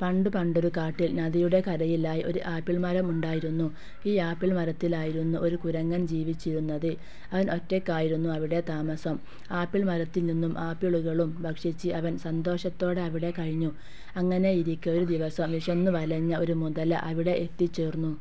പണ്ടു പണ്ടൊരു കാട്ടിൽ നദിയുടെ കരയിലായി ഒരു ആപ്പിൾ മരം ഉണ്ടായിരുന്നു. ഈ ആപ്പിൾ മരത്തിലായിരുന്നു ഒരു കുരങ്ങൻ ജീവിച്ചിരുന്നത്. അവൻ ഒറ്റയ്ക്കായിരുന്നു അവിടെ താമസം. ആപ്പിൾ മരത്തിൽ നിന്നും ആപ്പിളുകളും ഭക്ഷിച്ച് അവൻ സന്തോഷത്തോടെ അവിടെ കഴിഞ്ഞു. അങ്ങനെയിരിക്കെ ഒരു ദിവസം വിശന്നു വലഞ്ഞ ഒരു മുതല അവിടെ എത്തിച്ചേർന്നു.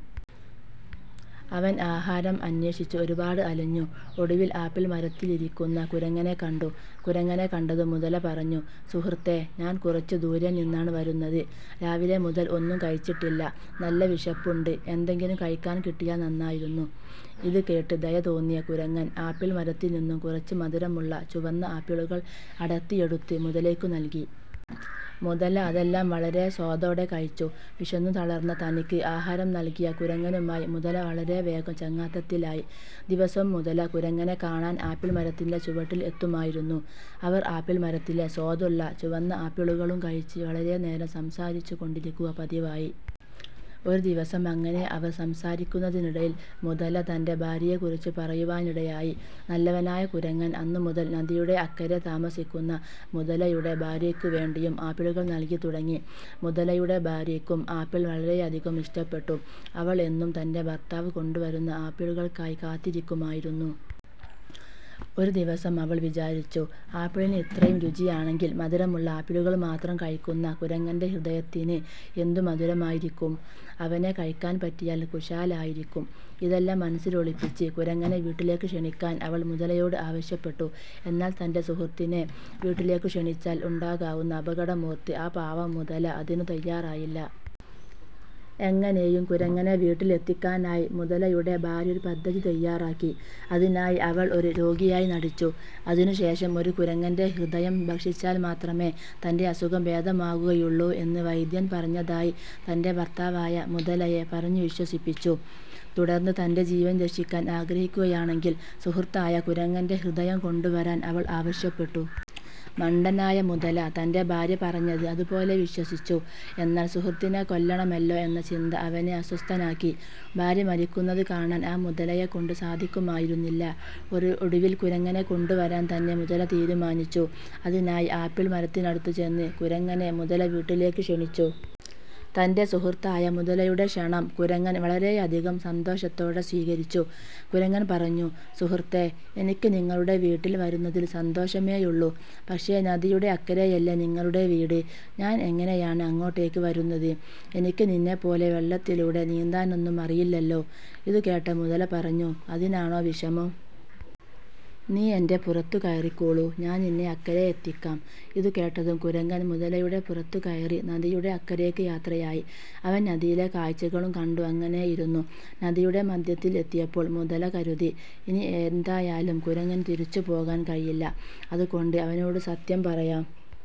അവൻ ആഹാരം അന്വേഷിച്ചു ഒരുപാട് അലഞ്ഞു. ഒടുവിൽ ആപ്പിൾ മരത്തിലിരിക്കുന്ന കുരങ്ങനെ കണ്ടു. കുരങ്ങനെ കണ്ടതും മുതല പറഞ്ഞു "സുഹൃത്തേ, ഞാൻ കുറച്ചു ദൂരെ നിന്നാണ് വരുന്നത്. രാവിലെ മുതൽ ഒന്നും കഴിച്ചിട്ടില്ല. നല്ല വിശപ്പുണ്ട് എന്തെങ്കിലും കഴിക്കാൻ കിട്ടിയാൽ നന്നായിരുന്നു. " ഇതു കേട്ട് ദയ തോന്നിയ കുരങ്ങൻ ആപ്പിൾ മരത്തിൽ നിന്നും കുറച്ച് മധുരമുള്ള ചുവന്ന ആപ്പിളുകൾ അടർത്തിയെടുത്തു മുതലയ്ക്കു നൽകി. മുതല അതെല്ലാം വളരെ സ്വാദോടെ കഴിച്ചു. വിശന്നു തളർന്ന തനിക്ക് ആഹാരം നൽകിയ കുരങ്ങനുമായി മുതല വളരെ വേഗം ചങ്ങാത്തത്തിലായി. ദിവസവും മുതല കുരങ്ങനെ കാണാൻ ആപ്പിൾ മരത്തിന്റെ ചുവട്ടിൽ എത്തുമായിരുന്നു. അവർ ആപ്പിൾ മരത്തിലെ സ്വാദുള്ള ചുവന്ന ആപ്പിളുകളും കഴിച്ചു വളരെ നേരം സംസാരിച്ചു കൊണ്ടിരിക്കുക പതിവായി. ഒരു ദിവസം അങ്ങനെ അവർ സംസാരിക്കുന്നതിനിടയിൽ മുതല തന്റെ ഭാര്യയെക്കുറിച്ചു പറയുവാനിടയായി. നല്ലവനായ കുരങ്ങൻ അന്നു മുതൽ നദിയുടെ അക്കരെ താമസിക്കുന്ന മുതലയുടെ ഭാര്യയ്ക്കു വേണ്ടിയും ആപ്പിളുകൾ നൽകി തുടങ്ങി. മുതലയുടെ ഭാര്യയ്ക്കും ആപ്പിൾ വളരെയധികം ഇഷ്ടപ്പെട്ടു. അവൾ എന്നും തന്റെ ഭർത്താവ് കൊണ്ടു വരുന്ന ആപ്പിളുകൾക്കായി കാത്തിരിക്കുമായിരുന്നു. ഒരു ദിവസം അവൾ വിചാരിച്ചു "ആപ്പിളിന് ഇത്രയും രുചിയാണെങ്കിൽ മധുരമുള്ള ആപ്പിളുകൾ മാത്രം കഴിക്കുന്ന കുരങ്ങന്റെ ഹൃദയത്തിന് എന്തു മധുരമായിരിക്കും? അവനെ കഴിക്കാൻ പറ്റിയാൽ കുശാലായിരിക്കും". ഇതെല്ലാം മനസ്സിലൊളിപ്പിച്ച് കുരങ്ങനെ വീട്ടിലേക്ക് ക്ഷണിക്കാൻ അവൾ മുതലയോട് ആവശ്യപ്പെട്ടു. എന്നാൽ തന്റെ സുഹൃത്തിനെ വീട്ടിലേക്കു ക്ഷണിച്ചാൽ ഉണ്ടാകാവുന്ന അപകടം ഓർത്ത് ആ പാവം മുതല അതിനു തയ്യാറായില്ല. എങ്ങനെയും കുരങ്ങനെ വീട്ടിൽ എത്തിക്കാനായി മുതലയുടെ ഭാര്യ ഒരു പദ്ധതി തയ്യാറാക്കി. അതിനായി അവൾ ഒരു രോഗിയായി നടിച്ചു. അതിനു ശേഷം ഒരു കുരങ്ങന്റെ ഹൃദയം ഭക്ഷിച്ചാൽ മാത്രമേ തന്റെ അസുഖം ഭേദമാകുകയുള്ളൂ എന്ന് വൈദ്യൻ പറഞ്ഞതായി തന്റെ ഭർത്താവായ മുതലയെ പറഞ്ഞു വിശ്വസിപ്പിച്ചു. തുടർന്ന് തന്റെ ജീവൻ രക്ഷിക്കാൻ ആഗ്രഹിക്കുകയാണെങ്കിൽ സുഹൃത്തായ കുരങ്ങന്റെ ഹൃദയം കൊണ്ടുവരാൻ അവൾ ആവശ്യപ്പെട്ടു. മണ്ടനായ മുതല തന്റെ ഭാര്യ പറഞ്ഞത് അതുപോലെ വിശ്വസിച്ചു. എന്നാൽ സുഹൃത്തിനെ കൊല്ലണമല്ലോ എന്ന ചിന്ത അവനെ അസ്വസ്ഥനാക്കി. ഭാര്യ മരിക്കുന്നത് കാണാൻ ആ മുതലയെ കൊണ്ട് സാധിക്കുമായിരുന്നില്ല. ഒടുവിൽ കുരങ്ങനെ കൊണ്ടു വരാൻ തന്നെ മുതല തീരുമാനിച്ചു. അതിനായി ആപ്പിൾ മരത്തിനടുത്തു ചെന്ന് കുരങ്ങനെ മുതല വീട്ടിലേക്ക് ക്ഷണിച്ചു. തന്റെ സുഹൃത്തായ മുതലയുടെ ക്ഷണം കുരങ്ങൻ വളരെയധികം സന്തോഷത്തോടെ സ്വീകരിച്ചു. കുരങ്ങൻ പറഞ്ഞു "സുഹൃത്തേ, എനിക്ക് നിങ്ങളുടെ വീട്ടിൽ വരുന്നതിൽ സന്തോഷമേയുള്ളൂ. പക്ഷേ നദിയുടെ അക്കരെയല്ലേ നിങ്ങളുടെ വീട്. ഞാൻ എങ്ങനെയാണ് അങ്ങോട്ടേക്ക് വരുന്നത്? എനിക്ക് നിന്നെ പോലെ വെള്ളത്തിലൂടെ നീന്താനൊന്നും അറിയില്ലല്ലോ? " ഇതു കേട്ട മുതല പറഞ്ഞു "അതിനാണോ വിഷമം. നീ എന്റെ പുറത്തു കയറിക്കോളൂ. ഞാൻ നിന്നെ അക്കരെ എത്തിക്കാം. " ഇതു കേട്ടതും കുരങ്ങൻ മുതലയുടെ പുറത്തു കയറി നദിയുടെ അക്കരേയ്ക്ക് യാത്രയായി. അവൻ നദിയിലെ കാഴ്ചകളും കണ്ടു അങ്ങനെ ഇരുന്നു. നദിയുടെ മധ്യത്തിൽ എത്തിയപ്പോൾ മുതല കരുതി "ഇനി എന്തായാലും കുരങ്ങനു തിരിച്ചു പോകാൻ കഴിയില്ല. അതുകൊണ്ട് അവനോടു സത്യം പറയാം. "